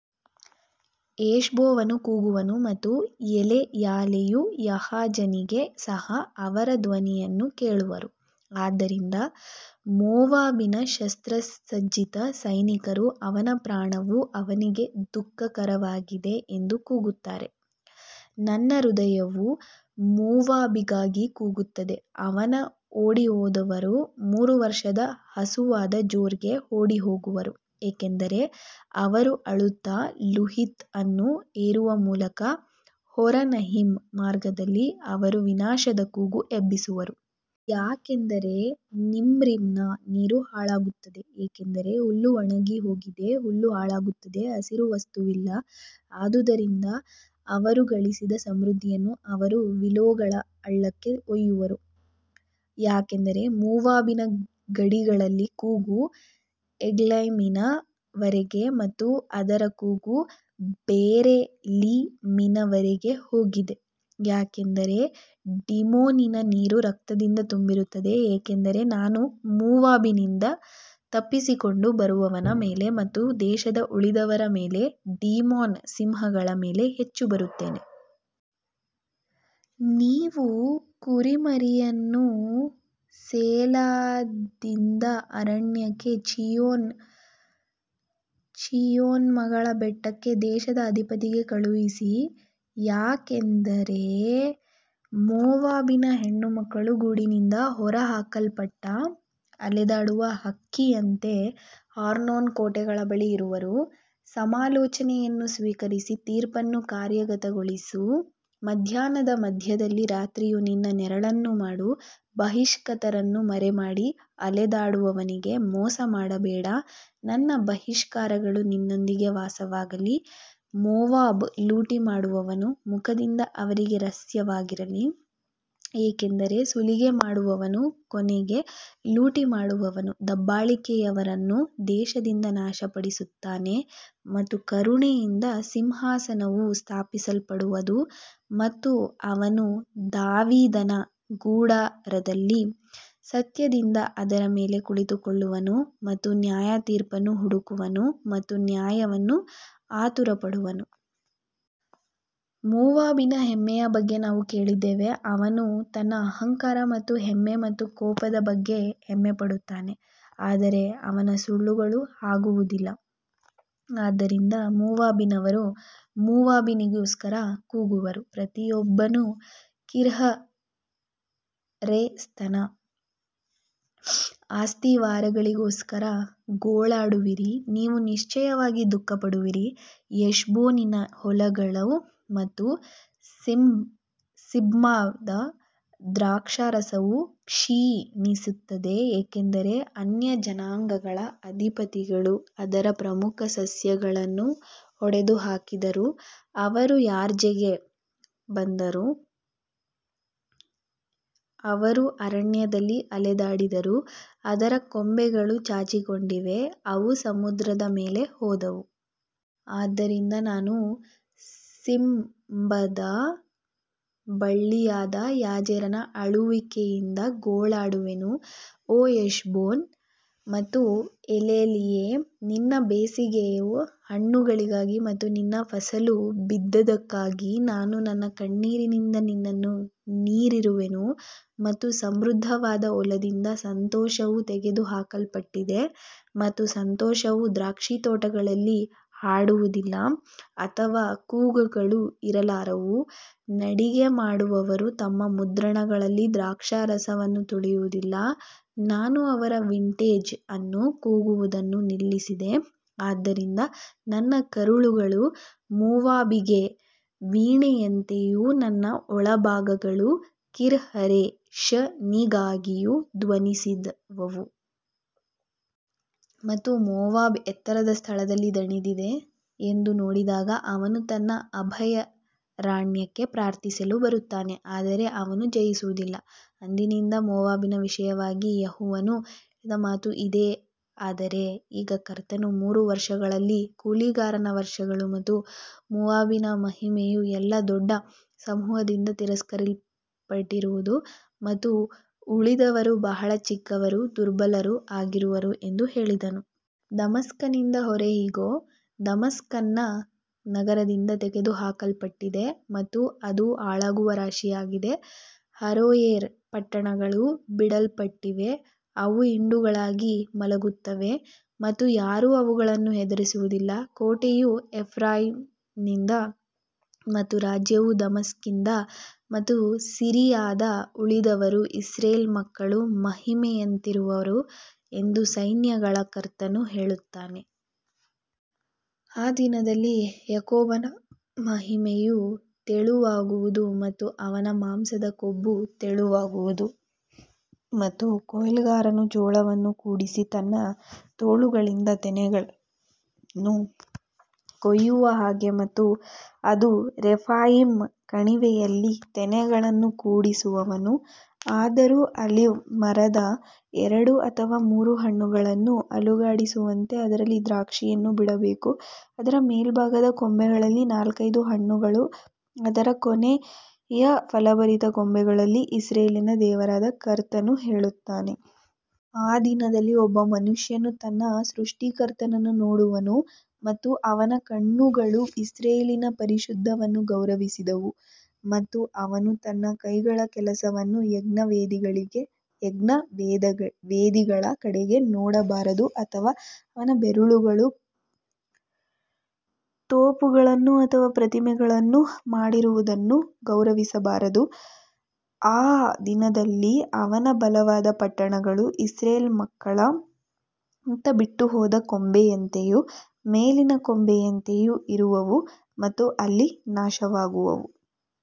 ಹೆಷ್ಬೋನನು ಕೂಗುವನು ಮತ್ತು ಎಲೆಯಾಲೆಯು ಯಹಾಜನಿಗೆ ಸಹ ಅವರ ಧ್ವನಿಯನ್ನು ಕೇಳುವರು, ಆದ್ದರಿಂದ ಮೋವಾಬಿನ ಶಸ್ತ್ರಸಜ್ಜಿತ ಸೈನಿಕರು ಅವನ ಪ್ರಾಣವು ಅವನಿಗೆ ದುಃಖಕರವಾಗಿದೆ ಎಂದು ಕೂಗುತ್ತಾರೆ. ನನ್ನ ಹೃದಯವು ಮೋವಾಬಿಗಾಗಿ ಕೂಗುತ್ತದೆ, ಅವನ ಓಡಿಹೋದವರು ಮೂರು ವರ್ಷದ ಹಸುವಾದ ಜೋರ್ಗೆ ಓಡಿಹೋಗುವರು, ಏಕೆಂದರೆ ಅವರು ಅಳುತ್ತಾ ಲುಹಿತ್ ಅನ್ನು ಏರುವ ಮೂಲಕ ಹೊರನಯಿಮ್ ಮಾರ್ಗದಲ್ಲಿ ಅವರು ವಿನಾಶದ ಕೂಗು ಎಬ್ಬಿಸುವರು. ಯಾಕಂದರೆ ನಿಮ್ರಿಮ್ನ ನೀರು ಹಾಳಾಗುತ್ತದೆ, ಏಕೆಂದರೆ ಹುಲ್ಲು ಒಣಗಿಹೋಗಿದೆ, ಹುಲ್ಲು ಹಾಳಾಗುತ್ತದೆ, ಹಸಿರು ವಸ್ತುವಿಲ್ಲ ಆದುದರಿಂದ ಅವರು ಗಳಿಸಿದ ಸಮೃದ್ಧಿಯನ್ನು ಅವರು ವಿಲೋಗಳ ಹಳ್ಳಕ್ಕೆ ಒಯ್ಯುವರು. ಯಾಕಂದರೆ ಮೋವಾಬಿನ ಗಡಿಗಳಲ್ಲಿ ಕೂಗು ಎಗ್ಲೈಮಿನ ವರೆಗೆ ಮತ್ತು ಅದರ ಕೂಗು ಬೆರೇಲಿಮಿನವರೆಗೆ ಹೋಗಿದೆ. ಯಾಕಂದರೆ ಡಿಮೋನಿನ ನೀರು ರಕ್ತದಿಂದ ತುಂಬಿರುತ್ತದೆ ಏಕೆಂದರೆ ನಾನು ಮೋವಾಬಿನಿಂದ ತಪ್ಪಿಸಿಕೊಂಡು ಬರುವವನ ಮೇಲೆ ಮತ್ತು ದೇಶದ ಉಳಿದವರ ಮೇಲೆ ಡಿಮೋನ್ ಸಿಂಹಗಳ ಮೇಲೆ ಹೆಚ್ಚು ಬರುತ್ತೇನೆ. ನೀವು ಕುರಿಮರಿಯನ್ನು ಸೇಲಾದಿಂದ ಅರಣ್ಯಕ್ಕೆ ಚೀಯೋನ್ ಮಗಳ ಬೆಟ್ಟಕ್ಕೆ ದೇಶದ ಅಧಿಪತಿಗೆ ಕಳುಹಿಸಿ. ಯಾಕಂದರೆ ಮೋವಾಬಿನ ಹೆಣ್ಣುಮಕ್ಕಳು ಗೂಡಿನಿಂದ ಹೊರಹಾಕಲ್ಪಟ್ಟ ಅಲೆದಾಡುವ ಹಕ್ಕಿಯಂತೆ ಅರ್ನೋನ್ ಕೋಟೆಗಳ ಬಳಿ ಇರುವರು. ಸಮಾಲೋಚನೆಯನ್ನು ಸ್ವೀಕರಿಸಿ ತೀರ್ಪನ್ನು ಕಾರ್ಯಗತಗೊಳಿಸು ಮಧ್ಯಾಹ್ನದ ಮಧ್ಯದಲ್ಲಿ ರಾತ್ರಿಯು ನಿನ್ನ ನೆರಳನ್ನು ಮಾಡು, ಬಹಿಷ್ಕೃತರನ್ನು ಮರೆಮಾಡಿ ಅಲೆದಾಡುವವನಿಗೆ ಮೋಸ ಮಾಡಬೇಡ ನನ್ನ ಬಹಿಷ್ಕಾರಗಳು ನಿನ್ನೊಂದಿಗೆ ವಾಸವಾಗಲಿ ಮೋವಾಬ್ ಲೂಟಿ ಮಾಡುವವನ ಮುಖದಿಂದ ಅವರಿಗೆ ರಹಸ್ಯವಾಗಿರಲಿ, ಏಕೆಂದರೆ ಸುಲಿಗೆ ಮಾಡುವವನು ಕೊನೆಗೆ ಲೂಟಿ ಮಾಡುವವನು ದಬ್ಬಾಳಿಕೆಯವರನ್ನು ದೇಶದಿಂದ ನಾಶಪಡಿಸುತ್ತಾನೆ ಮತ್ತು ಕರುಣೆಯಿಂದ ಸಿಂಹಾಸನವು ಸ್ಥಾಪಿಸಲ್ಪಡುವದು ಮತ್ತು ಅವನು ದಾವೀದನ ಗುಡಾರದಲ್ಲಿ ಸತ್ಯದಿಂದ ಅದರ ಮೇಲೆ ಕುಳಿತುಕೊಳ್ಳುವನು ಮತ್ತು ನ್ಯಾಯತೀರ್ಪನ್ನು ಹುಡುಕುವನು ಮತ್ತು ನ್ಯಾಯವನ್ನು ಆತುರಪಡುವನು. ಮೋವಾಬಿನ ಹೆಮ್ಮೆಯ ಬಗ್ಗೆ ನಾವು ಕೇಳಿದ್ದೇವೆ, ಅವನು ತನ್ನ ಅಹಂಕಾರ ಮತ್ತು ಹೆಮ್ಮೆ ಮತ್ತು ಕೋಪದ ಬಗ್ಗೆ ಹೆಮ್ಮೆಪಡುತ್ತಾನೆ ಆದರೆ ಅವನ ಸುಳ್ಳುಗಳು ಹಾಗಾಗುವುದಿಲ್ಲ. ಆದದರಿಂದ ಮೋವಾಬಿನವರು ಮೋವಾಬಿನಿಗೋಸ್ಕರ ಕೂಗುವರು, ಪ್ರತಿಯೊಬ್ಬನು ಕಿರ್ಹರೆಸೆತ್ನ ಅಸ್ತಿವಾರಗಳಿಗೋಸ್ಕರ ಗೋಳಾಡುವಿರಿ, ನೀವು ನಿಶ್ಚಯವಾಗಿ ದುಃಖಪಡುವಿರಿ. ಹೆಷ್ಬೋನಿನ ಹೊಲಗಳು ಮತ್ತು ಸಿಬ್ಮಾದ ದ್ರಾಕ್ಷಾರಸವು ಕ್ಷೀಣಿಸುತ್ತಿದೆ ಏಕೆಂದರೆ ಅನ್ಯಜನಾಂಗಗಳ ಅಧಿಪತಿಗಳು ಅದರ ಪ್ರಮುಖ ಸಸ್ಯಗಳನ್ನು ಒಡೆದುಹಾಕಿದರು, ಅವರು ಯಾಜೆರ್ಗೆ ಬಂದರು, ಅವರು ಅರಣ್ಯದಲ್ಲಿ ಅಲೆದಾಡಿದರು, ಅದರ ಕೊಂಬೆಗಳು ಚಾಚಿಕೊಂಡಿವೆ, ಅವು ಸಮುದ್ರದ ಮೇಲೆ ಹೋದವು. ಆದದರಿಂದ ನಾನು ಸಿಬ್ಮದ ಬಳ್ಳಿಯಾದ ಯಾಜೆರನ ಅಳುವಿಕೆಯಿಂದ ಗೋಳಾಡುವೆನು, ಓ ಹೆಷ್ಬೋನ್ ಮತ್ತು ಎಲೇಲೆಯೇ ನಿನ್ನ ಬೇಸಿಗೆಯ ಹಣ್ಣುಗಳಿಗಾಗಿ ಮತ್ತು ನಿನ್ನ ಫಸಲು ಬಿದ್ದದ್ದಕ್ಕಾಗಿ ನಾನು ನನ್ನ ಕಣ್ಣೀರಿನಿಂದ ನಿನ್ನನ್ನು ನೀರಿರುವೆನು. ಮತ್ತು ಸಮೃದ್ಧವಾದ ಹೊಲದಿಂದ ಸಂತೋಷವು ತೆಗೆದುಹಾಕಲ್ಪಟ್ಟಿದೆ ಮತ್ತು ಸಂತೋಷವು ದ್ರಾಕ್ಷಿತೋಟಗಳಲ್ಲಿ ಹಾಡುವದಿಲ್ಲ, ಅಥವಾ ಕೂಗುಗಳು ಇರಲಾರವು, ನಡಿಗೆ ಮಾಡುವವರು ತಮ್ಮ ಮುದ್ರಣಗಳಲ್ಲಿ ದ್ರಾಕ್ಷಾರಸವನ್ನು ತುಳಿಯುವುದಿಲ್ಲ, ನಾನು ಅವರ ವಿಂಟೇಜ್ ಅನ್ನು ಕೂಗುವುದನ್ನು ನಿಲ್ಲಿಸಿದೆ ಆದದರಿಂದ ನನ್ನ ಕರುಳುಗಳು ಮೋವಾಬಿಗೆ ವೀಣೆಯಂತೆಯೂ ನನ್ನ ಒಳಭಾಗಗಳು ಕಿರ್ಹರೇಷನಿಗಾಗಿಯೂ ಧ್ವನಿಸುವವು. ಮತ್ತು ಮೋವಾಬ್ ಎತ್ತರದ ಸ್ಥಳದಲ್ಲಿ ದಣಿದಿದೆ ಎಂದು ನೋಡಿದಾಗ ಅವನು ತನ್ನ ಅಭಯಾರಣ್ಯಕ್ಕೆ ಪ್ರಾರ್ಥಿಸಲು ಬರುತ್ತಾನೆ ಆದರೆ ಅವನು ಜಯಿಸುವುದಿಲ್ಲ. ಅಂದಿನಿಂದ ಮೋವಾಬಿನ ವಿಷಯವಾಗಿ ಯೆಹೋವನು ಹೇಳಿದ ಮಾತು ಇದೇ ಆದರೆ ಈಗ ಕರ್ತನು ಮೂರು ವರುಷಗಳಲ್ಲಿ ಕೂಲಿಗಾರನ ವರ್ಷಗಳು ಮತ್ತು ಮೋವಾಬಿನ ಮಹಿಮೆಯು ಎಲ್ಲಾ ದೊಡ್ಡ ಸಮೂಹದಿಂದ ತಿರಸ್ಕರಿಸಲ್ಪಡುವದು ಮತ್ತು ಉಳಿದವರು ಬಹಳ ಚಿಕ್ಕವರೂ ದುರ್ಬಲರೂ ಆಗಿರುವರು ಎಂದು ಹೇಳಿದನು. ದಮಸ್ಕನಿಂದ ಹೊರೆ ಇಗೋ, ದಮಸ್ಕನ್ನ ನಗರದಿಂದ ತೆಗೆದುಹಾಕಲ್ಪಟ್ಟಿದೆ ಮತ್ತು ಅದು ಹಾಳಾಗುವ ರಾಶಿಯಾಗಿದೆ ಅರೋಯೇರ್ ಪಟ್ಟಣಗಳು ಬಿಡಲ್ಪಟ್ಟಿವೆ, ಅವು ಹಿಂಡುಗಳಾಗಿ ಮಲಗುತ್ತವೆ ಮತ್ತು ಯಾರೂ ಅವುಗಳನ್ನು ಹೆದರಿಸುವುದಿಲ್ಲ. ಕೋಟೆಯು ಎಫ್ರಾಯೀಮ್ನಿಂದ ಮತ್ತು ರಾಜ್ಯವು ದಮಸ್ಕಿಂದ ಮತ್ತು ಸಿರಿಯಾದ ಉಳಿದವರು ಇಸ್ರಾಯೇಲ್ ಮಕ್ಕಳ ಮಹಿಮೆಯಂತಿರುವರು ಎಂದು ಸೈನ್ಯಗಳ ಕರ್ತನು ಹೇಳುತ್ತಾನೆ. ಆ ದಿನದಲ್ಲಿ ಯಾಕೋಬನ ಮಹಿಮೆಯು ತೆಳುವಾಗುವುದು ಮತ್ತು ಅವನ ಮಾಂಸದ ಕೊಬ್ಬು ತೆಳುವಾಗುವುದು. ಮತ್ತು ಕೊಯ್ಲುಗಾರನು ಜೋಳವನ್ನು ಕೂಡಿಸಿ ತನ್ನ ತೋಳುಗಳಿಂದ ತೆನೆಗಳನ್ನು ಕೊಯ್ಯುವ ಹಾಗೆ ಮತ್ತು ಅದು ರೆಫಾಯೀಮ್ ಕಣಿವೆಯಲ್ಲಿ ತೆನೆಗಳನ್ನು ಕೂಡಿಸುವವನು. ಆದರೂ, ಆಲಿವ್ ಮರದ ಎರಡು ಅಥವಾ ಮೂರು ಹಣ್ಣುಗಳನ್ನು ಅಲುಗಾಡಿಸುವಂತೆ ಅದರಲ್ಲಿ ದ್ರಾಕ್ಷಿಯನ್ನು ಬಿಡಬೇಕು, ಅದರ ಮೇಲ್ಭಾಗದ ಕೊಂಬೆಗಳಲ್ಲಿ ನಾಲ್ಕೈದು ಹಣ್ಣುಗಳು ಅದರ ಕೊನೆಯ ಫಲಭರಿತ ಕೊಂಬೆಗಳಲ್ಲಿ ಇಸ್ರಾಯೇಲಿನ ದೇವರಾದ ಕರ್ತನು ಹೇಳುತ್ತಾನೆ. ಆ ದಿನದಲ್ಲಿ ಒಬ್ಬ ಮನುಷ್ಯನು ತನ್ನ ಸೃಷ್ಟಿಕರ್ತನನ್ನು ನೋಡುವನು ಮತ್ತು ಅವನ ಕಣ್ಣುಗಳು ಇಸ್ರಾಯೇಲಿನ ಪರಿಶುದ್ಧನನ್ನು ಗೌರವಿಸುವವು ಮತ್ತು ಅವನು ತನ್ನ ಕೈಗಳ ಕೆಲಸವನ್ನು ಯಜ್ಞವೇದಿಗಳ ಕಡೆಗೆ ನೋಡಬಾರದು ಅಥವಾ ಅವನ ಬೆರಳುಗಳು ತೋಪುಗಳನ್ನು ಅಥವಾ ಪ್ರತಿಮೆಗಳನ್ನು ಮಾಡಿರುವುದನ್ನು ಗೌರವಿಸಬಾರದು. ಆ ದಿನದಲ್ಲಿ ಅವನ ಬಲವಾದ ಪಟ್ಟಣಗಳು ಇಸ್ರಾಯೇಲ್ ಮಕ್ಕಳ ನಿಮಿತ್ತ ಬಿಟ್ಟುಹೋದ ಕೊಂಬೆಯಂತೆಯೂ ಮೇಲಿನ ಕೊಂಬೆಯಂತೆಯೂ ಇರುವವು ಮತ್ತು ಅಲ್ಲಿ ನಾಶವಾಗುವವು.